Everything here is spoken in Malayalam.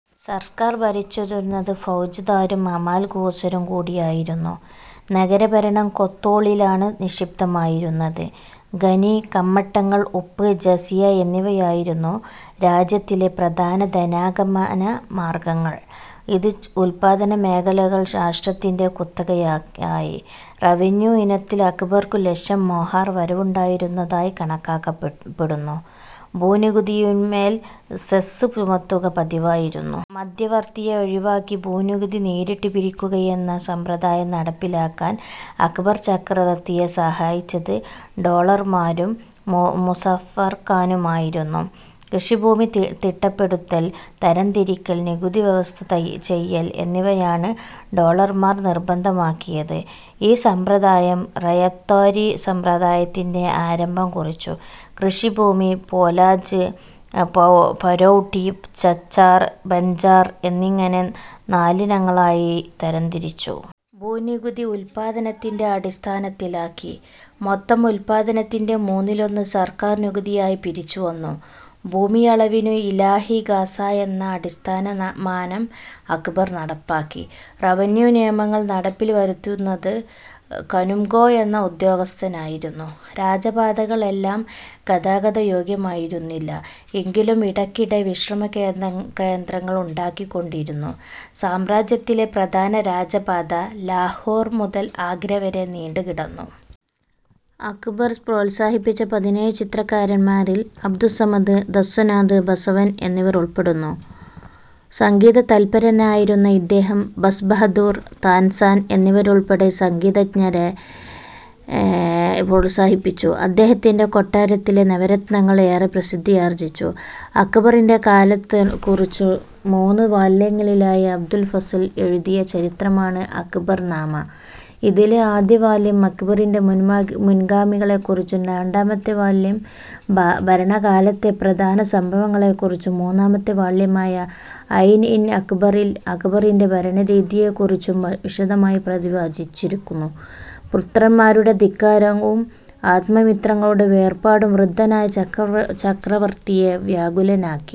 സർക്കാർ ഭരിച്ചിരുന്നത് ഫൌജ്ദാരും അമാൽ ഗുസരും കൂടിയായിരുന്നു. നഗരഭരണം കൊത്ത്വാളിലാണ് നിക്ഷിപ്തമായിരുന്നത്. ഖനി, കമ്മട്ടങ്ങൾ, ഉപ്പ്, ജസിയ എന്നിവയായിരുന്നു രാജ്യത്തിലെ പ്രധാന ധനാഗമന മാർഗങ്ങൾ. ചില ഉത്പാദനമേഖലകൾ രാഷ്ട്രത്തിന്റെ കുത്തകയായി. റവന്യൂ ഇനത്തിൽ അക്ബർക്കു ലക്ഷം മോഹർ വരവുണ്ടായിരുന്നതായി കണക്കാക്കപ്പെടുന്നു. ഭൂനികുതിയിന്മേൽ 'സെസ്സ്' ചുമത്തുക പതിവായിരുന്നു. മധ്യവർത്തിയെ ഒഴിവാക്കി ഭൂനികുതി നേരിട്ടു പിരിക്കുകയെന്ന സമ്പ്രദായം നടപ്പിലാക്കാൻ അക്ബർ ചക്രവർത്തിയെ സഹായിച്ചത് ടോഡർമാളും മുസഫർഖാനുമായിരുന്നു. കൃഷിഭൂമി തിട്ടപ്പെടുത്തൽ, തരംതിരിക്കൽ, നികുതി വ്യവസ്ഥ ചെയ്യൽ എന്നിവയാണ് ടോഡർമാൾ നിർബന്ധിതമാക്കിയത്. ഈ സമ്പ്രദായം 'റയത്ത്വാരി' സമ്പ്രദായത്തിന്റെ ആരംഭം കുറിച്ചു. കൃഷിഭൂമി 'പോലാജ്'; 'പരൌട്ടി'; 'ചച്ചാർ' ബൻജാർ എന്നിങ്ങനെ നാലിനങ്ങളായി തരംതിരിച്ചു. ഭൂനികുതി ഉത്പാദനത്തിന്റെ അടിസ്ഥാനത്തിലാക്കി. മൊത്തം ഉത്പാദനത്തിന്റെ മൂന്നിലൊന്ന് സർക്കാർ നികുതിയായി പിരിച്ചുവന്നു. ഭൂമിയളവിനുള്ള 'ഇലാഹിഗാസ' എന്ന അടിസ്ഥാനമാനം അക്ബർ നടപ്പാക്കി. റവന്യൂ നിയമങ്ങൾ നടപ്പിൽ വരുത്തിയിരുന്നത് 'കനുംഗോ' എന്ന ഉദ്യോഗസ്ഥനായിരുന്നു. രാജപാതകൾ എല്ലാം ഗതാഗതയോഗ്യമായിരുന്നില്ല. എങ്കിലും ഇടയ്ക്കിടെ വിശ്രമസങ്കേതങ്ങൾ ഉണ്ടാക്കപ്പെട്ടിരുന്നു. സാമ്രാജ്യത്തിലെ പ്രധാന രാജപാത ലാഹോർ മുതൽ ആഗ്രവരെ നീണ്ടുകിടന്നു. അക്ബർ പ്രോത്സാഹിപ്പിച്ച പതിനേഴു ചിത്രകാരന്മാരിൽ അബ്ദുസ്സമദ്, ദസ്വനാഥ്, ബസവൻ എന്നിവർ ഉൾപ്പെടുന്നു. സംഗീതതത്പരനായിരുന്ന ഇദ്ദേഹം ബസ്ബഹദൂർ, താൻസൻ എന്നിവരുൾപ്പെടെ സംഗീതജ്ഞരെ പ്രോത്സാഹിപ്പിച്ചു. അദ്ദേഹത്തിന്റെ കൊട്ടാരത്തിലെ നവരത്നങ്ങൾ ഏറെ പ്രസിദ്ധിയാർജിച്ചു: അക്ബറിന്റെ ഭരണകാലത്തെക്കുറിച്ച് മൂന്നു വാല്യങ്ങളിലായി അബുൾ ഫസൽ, എഴുതിയ ചരിത്രമാണ് അക്ബർ നാമ. ഇതിലെ ആദ്യവാല്യം അക്ബറിന്റെ മുൻഗാമികളെക്കുറിച്ചും രണ്ടാമത്തെ വാല്യം ഭരണകാലത്തെ പ്രധാന സംഭവങ്ങളെക്കുറിച്ചും, മൂന്നാമത്തെ വാല്യമായ ഐൻ ഇ അക്ബറിയിൽ അക്ബറിന്റെ ഭരണരീതിയെക്കുറിച്ചും വിശദമായി പ്രതിപാദിച്ചിരിക്കുന്നു പുത്രന്മാരുടെ ധിക്കാരവും ആപ്തമിത്രങ്ങളുടെ വേർപാടും വൃദ്ധനായ ചക്രവർത്തിയെ വ്യാകുലനാക്കി.